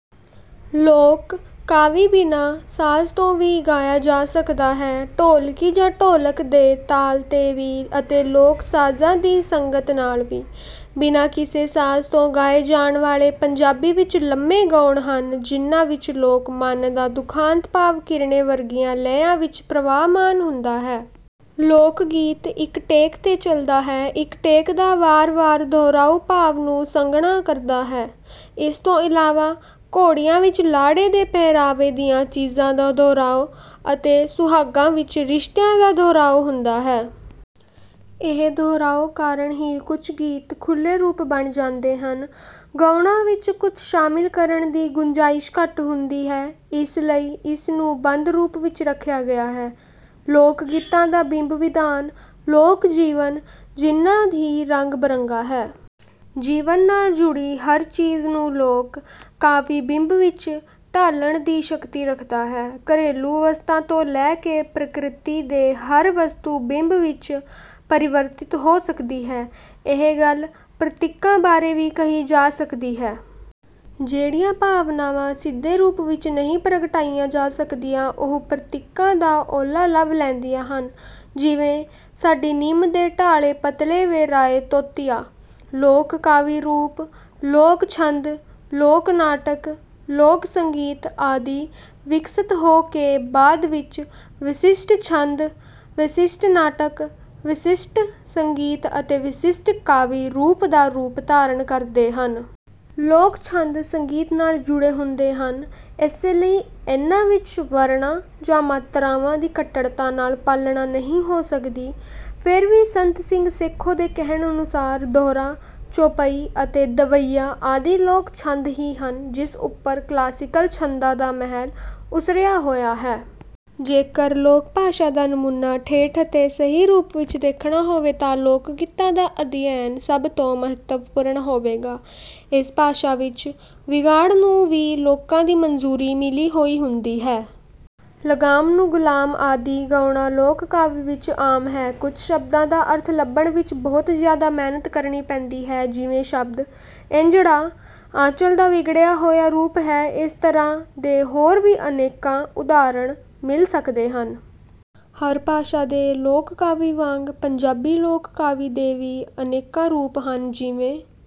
ਲੋਕ ਕਾਵਿ ਬਿਨਾਂ ਸਾਜ਼ ਤੋਂ ਵੀ ਗਾਇਆ ਜਾ ਸਕਦਾ ਹੈ। ਢੋਲਕੀ ਜਾਂ ਢੋਲਕ ਦੇ ਤਾਲ ਤੇ ਵੀ ਅਤੇ ਲੋਕ ਸਾਜ਼ਾਂ ਦੀ ਸੰਗਤ ਨਾਲ ਵੀ। ਬਿਨਾਂ ਕਿਸੇ ਸਾਜ਼ ਤੋਂ ਗਾਏ ਜਾਣ ਵਾਲੇ ਪੰਜਾਬੀ ਵਿੱਚ ਲੰਮੇ ਗਾਉਣ ਹਨ ਜਿਨ੍ਹਾਂ ਵਿੱਚ ਲੋਕ ਮਨ ਦਾ ਦੁਖਾਂਤ-ਭਾਵ ਕੀਰਨੇ ਵਰਗੀਆਂ ਲੈਆਂ ਵਿੱਚ ਪ੍ਰਵਾਹਮਾਨ ਹੁੰਦਾ ਹੈ। ਲੋਕ ਗੀਤ ਇੱਕ ਟੇਕ ਤੇ ਚਲਦਾ ਹੈ, ਇੱਕ ਟੇਕ ਦਾ ਵਾਰ ਵਾਰ ਦਹਰਾਉ ਭਾਵ ਨੂੰ ਸੰਘਣਾ ਕਰਦਾ ਹੈ। ਇਸ ਤੋਂ ਇਲਾਵਾ ਘੋੜੀਆਂ ਵਿੱਚ ਲਾੜੇ ਦੇ ਪਹਿਰਾਵੇ ਦੀਆਂ ਚੀਜ਼ਾਂ ਦਾ ਦੁਹਰਾਉ ਅਤੇ ਸੁਹਾਗਾਂ ਵਿੱਚ ਰਿਸ਼ਤਿਆਂ ਦਾ ਦੁਹਰਾਉ ਹੁੰਦਾ ਹੈ। ਇਹ ਦੁਹਰਾਉ ਕਾਰਣ ਹੀ ਕੁਝ ਗੀਤ ਖੁੱਲੇ ਰੂਪ ਬਣ ਜਾਂਦੇ ਹਨ। ਗਾਉਣਾਂ ਵਿੱਚ ਕੁਝ ਸ਼ਾਮਿਲ ਕਰਨ ਦੀ ਗੁੰਜ਼ਾਇਸ਼ ਘੱਟ ਹੁੰਦੀ ਹੈ। ਇਸ ਲਈ ਇਸ ਨੂੰ ਬੰਦ ਰੂਪ ਵਿੱਚ ਰੱਖਿਆ ਗਿਆ ਹੈ। ਲੋਕ ਗੀਤਾਂ ਦਾ ਬਿੰਬ ਵਿਧਾਨ ਲੋਕ ਜੀਵਨ ਜਿੰਨਾਂ ਹੀ ਰੰਗ ਬਰੰਗਾ ਹੈ। ਜੀਵਨ ਨਾਲ ਜੁੜੀ ਹਰ ਚੀਜ਼ ਨੂੰ ਲੋਕ ਕਾਵਿ ਬਿੰਬ ਵਿੱਚ ਢਾਲਣ ਦੀ ਸ਼ਕਤੀ ਰੱਖਦਾ ਹੈ। ਘਰੇਲੂ ਵਸਤਾਂ ਤੋਂ ਲੈ ਕੇ ਪ੍ਰਕਿਰਤੀ ਦੀ ਹਰ ਵਸਤੂ ਬਿੰਬ ਵਿੱਚ ਪਰਿਵਰਤਿਤ ਹੋ ਸਕਦੀ ਹੈ। ਇਹੀ ਗੱਲ ਪ੍ਰਤੀਕਾਂ ਬਾਰੇ ਵੀ ਕਹੀ ਜਾ ਸਕਦੀ ਹੈ। ਜਿਹੜੀਆਂ ਭਾਵਨਾਵਾਂ ਸਿੱਧੇ ਰੂਪ ਵਿੱਚ ਨਹੀਂ ਪ੍ਰਗਟਾਈਆਂ ਜਾ ਸਕਦੀਆਂ ਉਹ ਪ੍ਰਤੀਕਾਂ ਦਾ ਉਹਲਾ ਲੱਭ ਲੈਂਦੀਆਂ ਹਨ। ਜਿਵੇਂ, ਸਾਡੀ ਨਿੰਮ ਦੇ ਡਾਅਲ਼ੇ ਪਤਲੇ ਵੇ ਰਾਅ ਤੋਤਿਆ। ਲੋਕ ਕਾਵਿ ਰੂਪ, ਲੋਕ ਛੰਦ, ਲੋਕ ਨਾਟਕ, ਲੋਕ ਸੰਗੀਤ ਆਦਿ ਵਿਕਸਤ ਹੋ ਕੇ ਬਾਦ ਵਿੱਚ ਵਿਸ਼ਿਸ਼ਟ ਛੰਦ, ਵਿਸ਼ਿਸ਼ਟ ਨਾਟਕ, ਵਿਸ਼ਸ਼ਟ ਸੰਗੀਤ ਅਤੇ ਵਿਸ਼ਿਸ਼ਟ ਕਾਵਿ ਰੂਪ ਦਾ ਰੂਪ ਧਾਰਨ ਕਰਦੇ ਹਨ। ਲੋਕ ਛੰਦ, ਸੰਗੀਤ ਨਾਲ਼ ਜੁੜੇ ਹੁੰਦੇ ਹਨ ਇਸੇ ਲਈ ਇਨ੍ਹਾਂ ਵਿੱਚ ਵਰਣਾਂ ਜਾਂ ਮਾਤਰਾਵਾਂ ਦੀ ਕੱਟੜਤਾ ਨਾਲ ਪਾਲਣਾ ਨਹੀਂ ਹੋ ਸਕਦੀ। ਫਿਰ ਵੀ ਸੰਤ ਸਿੰਘ ਸੇਖੋਂ ਦੇ ਕਹਿਣ ਅਨੁਸਾਰ ਦੋਹਰਾ, ਚੌਪਈ ਅਤੇ ਦਵੱਈਆ ਆਦਿ ਲੋਕ ਛੰਦ ਹੀ ਹਨ ਜਿਸ ਉਪਰ ਕਲਾਸੀਕਲ ਛੰਦਾਂ ਦਾ ਮਹਿਲ ਉਸਰਿਆ ਹੋਇਆ ਹੈ। ਜੇਕਰ ਲੋਕ ਭਾਸ਼ਾ ਦਾ ਨਮੂਨਾ ਠੇਠ ਅਤੇ ਸਹੀ ਰੂਪ ਵਿੱਚ ਦੇਖਣਾ ਹੋਵੇ ਤਾਂ ਲੋਕਗੀਤਾਂ ਦਾ ਅਧਿਐਨ ਸਭ ਤੋਂ ਮਹੱਤਵਪੂਰਣ ਹੋਵੇਗਾ। ਇਸ ਭਾਸ਼ਾ ਵਿੱਚ ਵਿਗਾੜ ਨੂੰ ਵੀ ਲੋਕਾਂ ਦੀ ਮਨਜ਼ੂਰੀ ਮਿਲੀ ਹੋਈ ਹੁੰਦੀ ਹੈ। ਲਗਾਮ ਨੂੰ ਗਲਾਮ ਆਦਿ ਗਾਉਣਾ ਲੋਕ ਕਾਵਿ ਵਿੱਚ ਆਮ ਹੈ। ਕੁਝ ਸ਼ਬਦਾਂ ਦਾ ਅਰਥ ਲੱਭਣ ਵਿੱਚ ਬਹੁਤ ਜ਼ਿਆਦਾ ਮਿਹਨਤ ਕਰਨੀ ਪੈਂਦੀ ਹੈ। ਜਿਵੇਂ ਸ਼ਬਦ ਇੰਜੜਾ, ਆਂਚਲ ਦਾ ਵਿਗੜਿਆ ਹੋਇਆ ਰੂਪ ਹੈ ਇਸ ਤਰ੍ਹਾਂ ਦੇ ਹੋਰ ਵੀ ਅਨੇਕਾਂ ਉਦਾਹਰਣ ਮਿਲ ਸਕਦੇ ਹਨ। ਹਰ ਭਾਸ਼ਾ ਦੇ ਲੋਕ ਕਾਵਿ ਵਾਂਗ ਪੰਜਾਬੀ ਲੋਕ ਕਾਵਿ ਦੇ ਵੀ ਅਨੇਕਾਂ ਰੂਪ ਹਨ ਜਿਵੇਂ